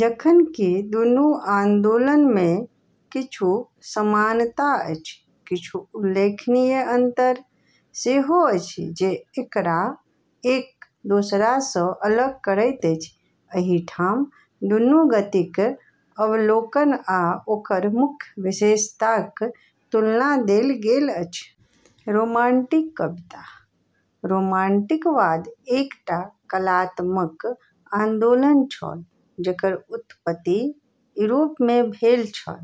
जखन कि दुनू आन्दोलन मे किछु समानता अछि, किछु उल्लेखनीय अंतर सेहो अछि जे एकरा एक दोसरा सँ अलग करैत अछि। एहि ठाम दुनू गतिक अवलोकन आ ओकर मुख्य विशेषताक तुलना देल गेल अछि। रोमांटिक कविता: रोमांटिकवाद एकटा कलात्मक आन्दोलन छल जेकर उत्पत्ति यूरोप मे भेल छल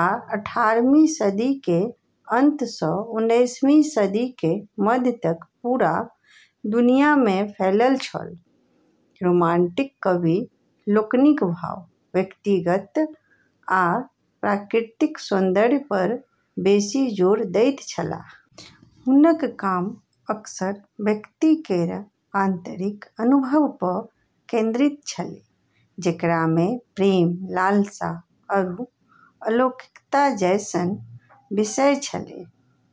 आ अठारहवीं सदी के अंत स उन्नीसवीं सदी के मध्य तक पूरा दुनिया में फैल छल। रोमांटिक कवि लोकनि भाव, व्यक्तिगतता, आ प्रकृतिक सौन्दर्य पर बेसी जोर दैत छलाह। हुनक काम अक्सर व्यक्ति केर आंतरिक अनुभव प केंद्रित छेलै, जेकरा मे प्रेम, लालसा, आरू अलौकिकता जैसन विषय छेलै।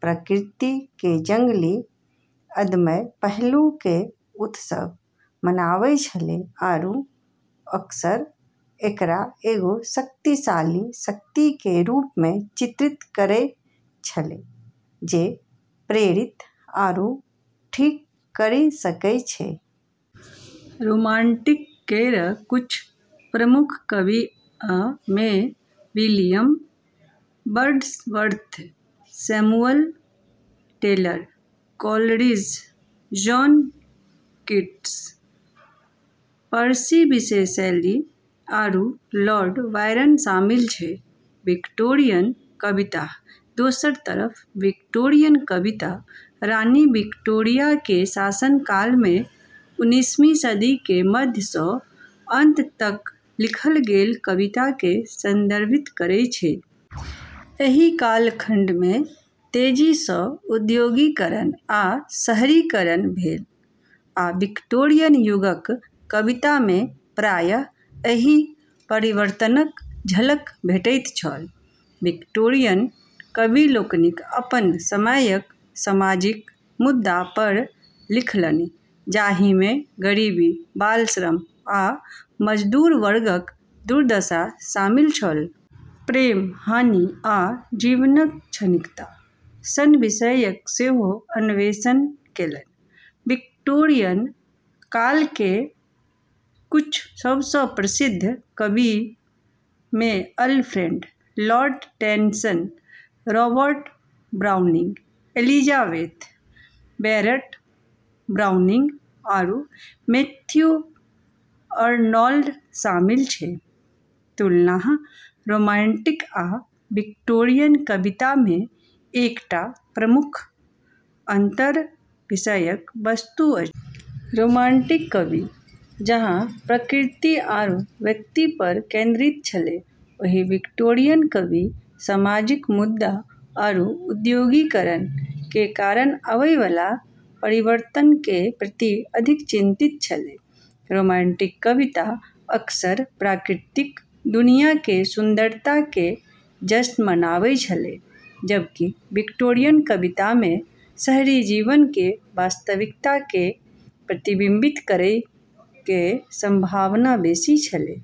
प्रकृति के जंगली, अदम्य पहलू के उत्सव मनाबै छेलै आरू अक्सर एकरा एगो शक्तिशाली शक्ति के रूप में चित्रित करै छेलै जे प्रेरित आरू ठीक करी सकै छै। रोमांटिक केर कुछ प्रमुख कविऽ मे William Wordsworth, Samuel Taylor Coleridge, John Keats, Percy Bysshe Shelley, आरू लॉर्ड बायरन शामिल छै। विक्टोरियन कविता: दोसर तरफ विक्टोरियन कविता रानी विक्टोरिया केर शासनकाल में, उन्नीसवीं सदी के मध्य स अंत तक लिखल गेल कविता के संदर्भित करै छै। एहि कालखंड मे तेजी सं औद्योगीकरण आ शहरीकरण भेल आ विक्टोरियन युगक कविता मे प्रायः एहि परिवर्तनक झलक भेटैत छल। विक्टोरियन कवि लोकनि अपन समयक सामाजिक मुद्दा पर लिखलनि जाहि मे गरीबी, बाल श्रम, आ मजदूर वर्गक दुर्दशा शामिल छल। प्रेम, हानि, आ जीवनक क्षणिकता सन विषयक सेहो अन्वेषण केलनि। विक्टोरियन काल केर कुछ सबसें प्रसिद्ध कविऽ मे Alfred Lord Tennyson, Robert Browning, Elizabeth Barrett Browning, आरू मैथ्यू अर्नोल्ड शामिल छै। तुलना: रोमांटिक आ विक्टोरियन कविता मे एकटा मुख्य अंतर विषय वस्तु अछि। रोमांटिक कवि जहाँ प्रकृति आरू व्यक्ति पर केंद्रित छेलै, वहीं विक्टोरियन कवि सामाजिक मुद्दा आरू औद्योगीकरण के कारण आबै वाला परिवर्तन के प्रति अधिक चिंतित छेलै। रोमांटिक कविता अक्सर प्राकृतिक दुनिया के सुंदरता के जश्न मनाबै छेलै, जबकि विक्टोरियन कविता में शहरी जीवन के वास्तविकता के प्रतिबिंबित करै के संभावना बेसी छेलै।